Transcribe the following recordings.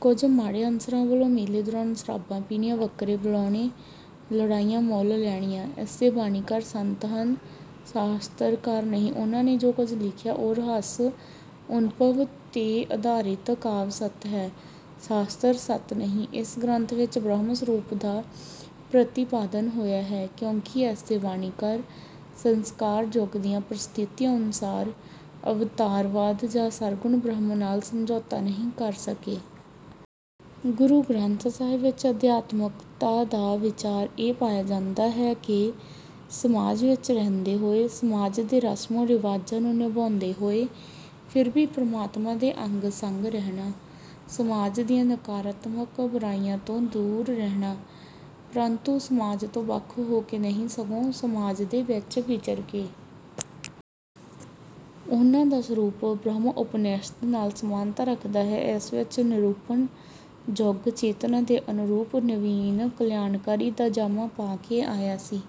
ਕੁਝ ਮਾੜੇ ਅਨਸਰਾਂ ਵੱਲੋਂ ਮੇਲੇ ਦੌਰਾਨ ਸ਼ਰਾਬਾਂ ਪੀਣੀਆਂ, ਬੱਕਰੇ ਬੁਲਾਉਣੇ, ਲੜਾਈਆਂ ਮੁੱਲ ਲੈਣੀਆਂ। ਇਸਦੇ ਬਾਣੀਕਾਰ ਸੰਤ ਹਨ, ਸਾਸ਼ਤਰਕਾਰ ਨਹੀਂ। ਉਨ੍ਹਾਂ ਨੇ ਜੋ ਕੁੱਝ ਲਿਖਿਆ, ਉਹ ਰਹੱਸ-ਅਨੁਭਵ 'ਤੇ ਅਧਾਰਿਤ ਕਾਵਿ-ਸਤਿ ਹੈ, ਸਾਸ਼ਤਰ-ਸਤ ਨਹੀਂ। ਇਸ ਗ੍ਰੰਥ ਵਿਚ ਬ੍ਰਹਮ ਸਰੂਪ ਦਾ ਪ੍ਰਤੀਪਾਦਨ ਹੋਇਆ ਹੈ, ਕਿਉਂਕਿ ਇਸਦੇ ਬਾਣੀਕਾਰ ਸੰਸਕਾਰ ਯੁਗ ਦੀਆਂ ਪਰਿਸਥਿਤੀਆਂ ਅਨੁਸਾਰ ਅਵਤਾਰਵਾਦ ਜਾਂ ਸਰਗੁਣ ਬ੍ਰਹਮ ਨਾਲ ਸਮਝੌਤਾ ਨਹੀਂ ਕਰ ਸਕੇ। ਗੁਰੂ ਗ੍ਰੰਥ ਸਾਹਿਬ ਵਿਚ ਅਧਿਆਤਮਕਤਾ ਦਾ ਵਿਚਾਰ ਇਹ ਪਾਇਆ ਜਾਂਦਾ ਹੈ ਕਿ ਸਮਾਜ ਵਿਚ ਰਹਿੰਦੇ ਹੋਏ, ਸਮਾਜ ਦੇ ਰਮਮੋਂ-ਰਿਵਾਜਾਂ ਨੂੰ ਨਿਭਾਉਂਦੇ ਹੋਏ ਫਿਰ ਵੀ ਪਰਮਾਤਮਾ ਦੇ ਅੰਗ-ਸੰਗ ਰਹਿਣਾ। ਸਮਾਜ ਦੀਆਂ ਨਾਕਾਰਾਤਮਕ ਬੁਰਾਈਆਂ ਤੋਂ ਦੂਰ ਰਹਿਣਾ, ਪਰੰਤੂ ਸਮਾਜ ਤੋਂ ਵੱਖ ਹੋ ਕੇ ਨਹੀਂ ਸਗੋਂ ਸਮਾਜ ਦੇ ਵਿਚ ਵਿਚਰ ਕੇ। ਉਨ੍ਹਾਂ ਦਾ ਸਰੂਪ ਬ੍ਰਹਮ ਉਪਨਿਸ਼ਦ ਨਾਲ ਸਮਾਨਤਾ ਰੱਖਦਾ ਹੈ। ਇਸ ਵਿਚ ਨਿਰੂਪਣ ਯੁੱਗ ਚੇਤਨਾ ਦੇ ਅਨੁਰੂਪ ਨਵੀਨ ਕਲਿਆਣਕਾਾਰੀ ਦਾ ਜਾਮਾ ਪਾ ਕੇ ਆਇਆ ਸੀ।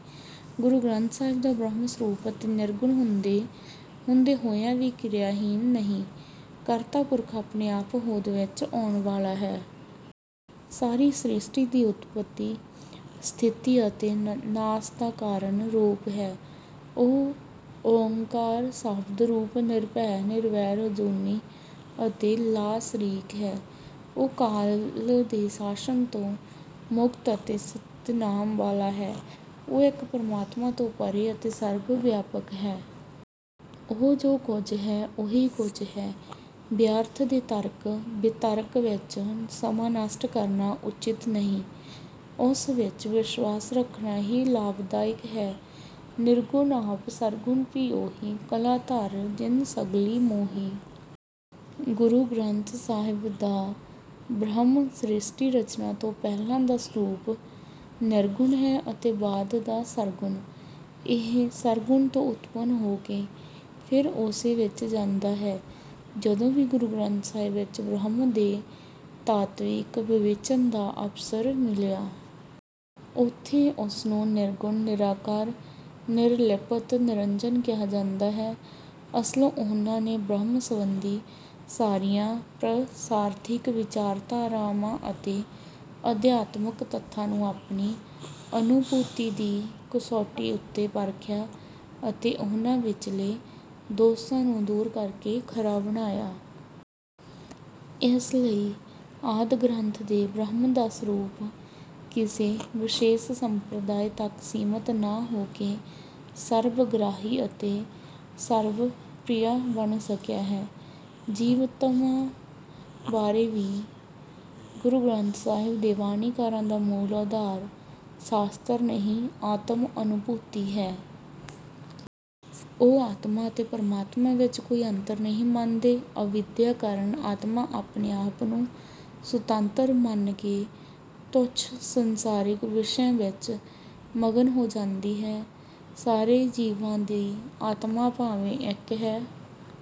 ਗੁਰੂ ਗ੍ਰੰਥ ਸਾਹਿਬ ਦਾ ਬ੍ਰਹਮ ਸਰੂਪ ਅਤੇ ਨਿਰਗੁਣ ਹੁੰਦੇ ਹੁੰਦੇ ਹੋਇਆਂ ਵੀ ਕਿਰਿਆਹੀਣ ਨਹੀਂ, ਕਰਤਾ ਪੁਰਖ ਆਪਣੇ ਆਪ ਹੋਂਦ ਵਿਚ ਆਉਂਣ ਵਾਲਾ ਹੈ। ਸਾਰੀ ਸਿ੍ਰਸ਼ਟੀ ਦੀ ਉਤਪਤੀ, ਸਥਿਤੀ ਅਤੇ ਨਾਸ ਦਾ ਕਾਰਨ ਰੂਪ ਹੈ। ਉਹ ਓਅੰਕਾਰ, ਸ਼ਬਦ ਰੂਪ, ਨਿਰਭੈ, ਨਿਰਵੈਰ, ਅਜੂਨੀ ਅਤੇ ਲਾ-ਸ਼ਰੀਕ ਹੈ। ਉਹ ਕਾਲ ਦੇ ਸ਼ਾਸ਼ਨ ਤੋਂ ਮੁਕਤ ਅਤੇ ਸਤਿਨਾਮ ਵਾਲਾ ਹੈ। ਉਹ ਇੱਕ ਪਰਮਾਤਮਾ ਤੋਂ ਪਰ੍ਹੇ ਅਤੇ ਸਰਬ-ਵਿਆਪਕ ਹੈ। ਉਹ ਜੋ ਕੁੱਝ ਹੈ, ਉਹੀ ਕੁੱਝ ਹੈ। ਵਿਅਰਥ ਦੇ ਤਰਕ ਵਿਤਰਕ ਵਿਚ ਸਮਾਂ ਨਸ਼ਟ ਕਰਨਾ ਉਚਿਤ ਨਹੀਂ। ਉਸ ਵਿਚ ਵਿਸ਼ਵਾਸ ਰੱਖਣਾ ਹੀ ਲਾਭਦਾਇਕ ਹੈ। ਨਿਰਗੁਣ ਆਪਿ ਸਰਗੁਣੁ ਭੀ ਉਹੀ।। ਕਲਾ ਧਾਰਿ ਜਿਨਿ ਸਗਲੀ ਮੋਹੀ।। ਗੁਰੂ ਗ੍ਰੰਥ ਸਾਹਿਬ ਦਾ ਬ੍ਰਹਮ ਸਿ੍ਰਸ਼ਟੀ ਰਚਨਾ ਤੋਂ ਪਹਿਲਾਂ ਦਾ ਸਰੂਪ ਨਿਰਗੁਣ ਹੈ ਅਤੇ ਬਾਅਦ ਦਾ ਸਰਗੁਣ। ਇਹ ਸਰਗੁਣ ਤੋਂ ਉਤਪੰਨ ਹੋ ਕੇ ਫਿਰ ਉਸੇ ਵਿਚ ਜਾਂਦਾ ਹੈ। ਜਦੋਂ ਵੀ ਗੁਰੂ ਗ੍ਰੰਥ ਸਾਹਿਬ ਵਿਚ ਬ੍ਰਹਮ ਦੇ ਤਾਤਵਿਕ ਵਿਵੇਚਨ ਦਾ ਅਵਸਰ ਮਿਲਿਆ। ਉੱਥੇ ਉਸਨੂੰ ਨਿਰਗੁਣ, ਨਿਰਾਕਾਰ, ਨਿਰਲਿਪਤ, ਨਿਰੰਜਨ ਕਿਹਾ ਜਾਂਦਾ ਹੈ। ਅਸਲੋਂ ਉਨ੍ਹਾਂ ਨੇ ਬ੍ਰਹਮ ਸੰਬੰਧੀ ਸਾਰੀਆਂ ਪ੍ਰਰਸਾਰਥਿਕ ਵਿਚਾਰਧਾਰਾਵਾਂ ਅਤੇ ਅਧਿਆਤਮਕ ਤੱਥਾਂ ਨੂੰ ਆਪਣੀ ਅਨੂਭੂਤੀ ਦੀ ਕਸੌਟੀ ਉੱਤੇ ਪਰਖਿਆ ਅਤੇ ਉਨ੍ਹਾਂ ਵਿਚਲੇ ਦੋਸਾਂ ਨੂੰ ਦੂਰ ਕਰਕੇ ਖਰਾ ਬਣਾਇਆ। ਇਸ ਲਈ ਆਦਿ ਗ੍ਰੰਥ ਦੇ ਬ੍ਰਹਮ ਦਾ ਸਰੂਪ ਕਿਸੇ ਵਿਸ਼ੇਸ਼ ਸੰਪਰਦਾਇ ਤੱਕ ਸੀਮਿਤ ਨਾ ਹੋ ਕੇ ਸਰਬਗ੍ਰਾਹੀ ਅਤੇ ਸਰਵ ਪਿ੍ਰਯਾ ਬਣ ਸਕਿਆ ਹੈੇੇ। ਜੀਵਤਮਾ ਬਾਰੇ ਵੀ ਗੁਰੂ ਗ੍ਰੰਥ ਸਾਹਿਬ ਦੇ ਬਾਣੀਕਾਰਾਂ ਦਾ ਮੂਲ ਅਧਾਰ ਸਾਸ਼ਤਰ ਨਹੀਂ, ਆਤਮ ਅਨੂਭੂਤੀ ਹੈ। ਉਹ ਆਤਮਾ ਅਤੇ ਪਰਮਾਤਮਾ ਵਿਚ ਕੋਈ ਅੰਤਰ ਨਹੀਂ ਮੰਨਦੇ। ਅਵਿਦਿਆ ਕਾਰਨ ਆਤਮਾ ਆਪਣੇ ਆਪ ਨੂੰ ਸੁਤੰਤਰ ਮੰਨ ਕੇ ਤੁੱਛ ਸੰਸਾਰਿਕ ਵਿਸ਼ਿਆਂ ਵਿਚ ਮਗਨ ਹੋ ਜਾਂਦੀ ਹੈ। ਸਾਰੇ ਜੀਵਾਂ ਦੀ ਆਤਮਾ ਭਾਵੇਂ ਇਕ ਹੈ,